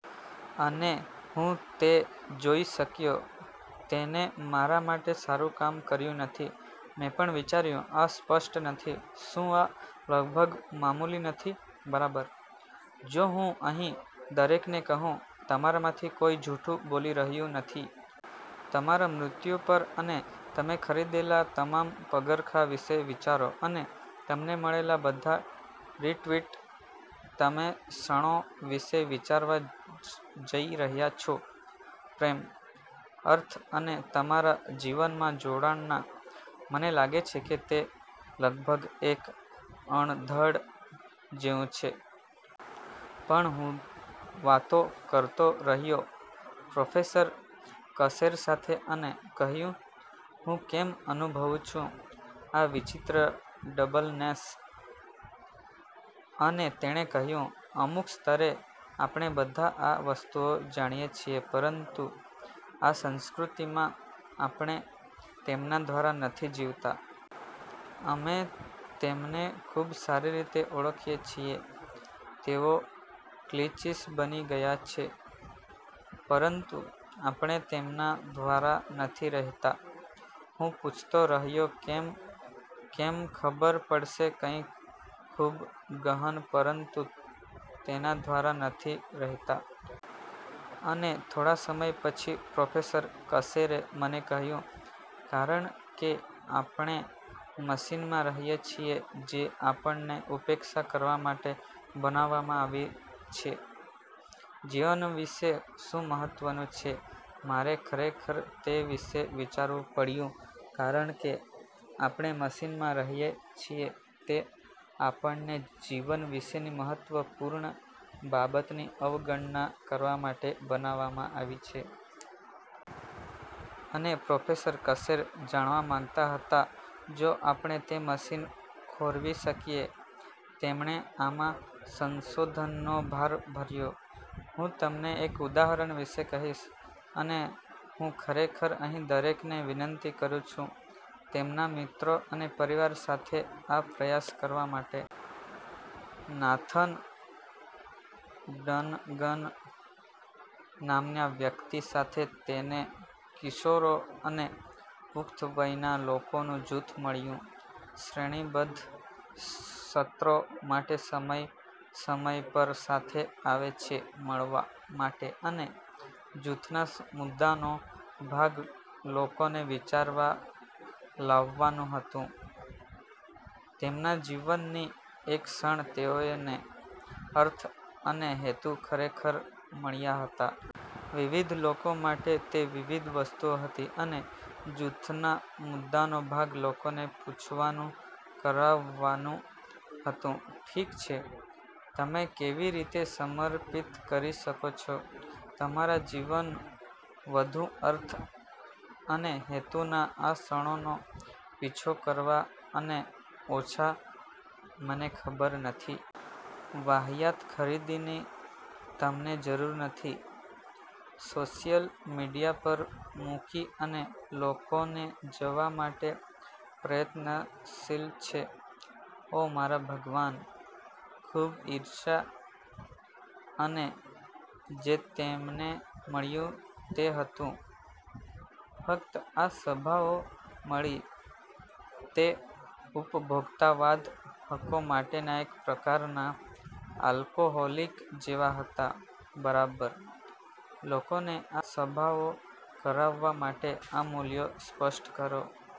અને હું તે જોઈ શક્યો. તેને મારા માટે સારું કામ કર્યું નથી. મેં પણ વિચાર્યું, આ સ્પષ્ટ નથી? શું આ લગભગ મામૂલી નથી, બરાબર? જો હું અહીં દરેકને કહું, તમારામાંથી કોઈ જૂઠું બોલી રહ્યું નથી. તમારા મૃત્યુ પર અને તમે ખરીદેલા તમામ પગરખાં વિશે વિચારો અને તમને મળેલા બધા રિટ્વીટ. તમે ક્ષણો વિશે વિચારવા જઈ રહ્યાં છો. પ્રેમ, અર્થ અને તમારા જીવનમાં જોડાણના. મને લાગે છે કે તે લગભગ એક અણઘડ જેવું છે. પણ હું વાતો કરતો રહ્યો પ્રોફેસર કશેર સાથે અને કહ્યું, "હું કેમ અનુભવું છું આ વિચિત્ર ડબલનેસ?" અને તેણે કહ્યું, "અમુક સ્તરે, આપણે બધા આ વસ્તુઓ જાણીએ છીએ પરંતુ આ સંસ્કૃતિમાં આપણે તેમના દ્વારા નથી જીવતા." અમે તેમને ખૂબ સારી રીતે ઓળખીએ છીએ. તેઓ ક્લીચીસ બની ગયા છે, પરંતુ આપણે તેમના દ્વારા નથી રહેતા. હું પૂછતો રહ્યો કેમ, કેમ ખબર પડશે કંઈક ખૂબ ગહન પરંતુ તેના દ્વારા નથી રહેતા? અને થોડા સમય પછી પ્રોફેસર કશેરે મને કહ્યું, "કારણ કે આપણે મશીનમાં રહીએ છીએ જે આપણને ઉપેક્ષા કરવા માટે બનાવવામાં આવી છે. જીવન વિશે શું મહત્વનું છે મારે ખરેખર તે વિશે વિચારવું પડ્યું કારણ કે આપણે મશીનમાં રહીએ છીએ તે આપણને જીવન વિશેની મહત્વપૂર્ણ બાબતની અવગણના કરવા માટે બનાવવામાં આવી છે. અને પ્રોફેસર કશેર જાણવા માંગતા હતા જો આપણે તે મશીન ખોરવી શકીએ. તેમણે આમાં સંશોધનનો ભાર ભર્યો. હું તમને એક ઉદાહરણ વિશે કહીશ, અને હું ખરેખર અહીં દરેકને વિનંતી કરું છું તેમના મિત્રો અને પરિવાર સાથે આ પ્રયાસ કરવા માટે. નાથન ડનગન નામના વ્યક્તિ સાથે તેને કિશોરો અને પુખ્ત વયના લોકોનું જૂથ મળ્યું. શ્રેણીબદ્ધ સત્રો માટે સમય સમય પર સાથે આવે છે મળવા માટે અને જૂથના મુદ્દાનો ભાગ લોકોને વિચારવા લાવવાનું હતું. તેમના જીવનની એક ક્ષણ તેઓને અર્થ અને હેતુ ખરેખર મળ્યા હતા. વિવિધ લોકો માટે તે વિવિધ વસ્તુઓ હતી અને જૂથના મુદ્દાનો ભાગ લોકોને પૂછવાનું કરાવવાનું હતું. ઠીક છે. તમે કેવી રીતે સમર્પિત કરી શકો છો તમારા જીવન વધુ અર્થ અને હેતુના આ ક્ષણોનો પીછો કરવા અને ઓછા, મને ખબર નથી. વાહિયાત ખરીદીની તમને જરૂર નથી, સોશિયલ મીડિયા પર મૂકી અને લોકોને જવા માટે પ્રયત્નશીલ છે. ઓ મારા ભગવાન, ખૂબ ઇર્ષ્યા! અને જે તેમને મળ્યું તે હતું. ફક્ત આ સભાઓ મળી, તે ઉપભોક્તાવાદ, હકો માટેના એક પ્રકારનાં આલ્કોહોલિક જેવા હતા, બરાબર? લોકોને આ સભાઓ કરાવવા માટે, આ મૂલ્યો સ્પષ્ટ કરો.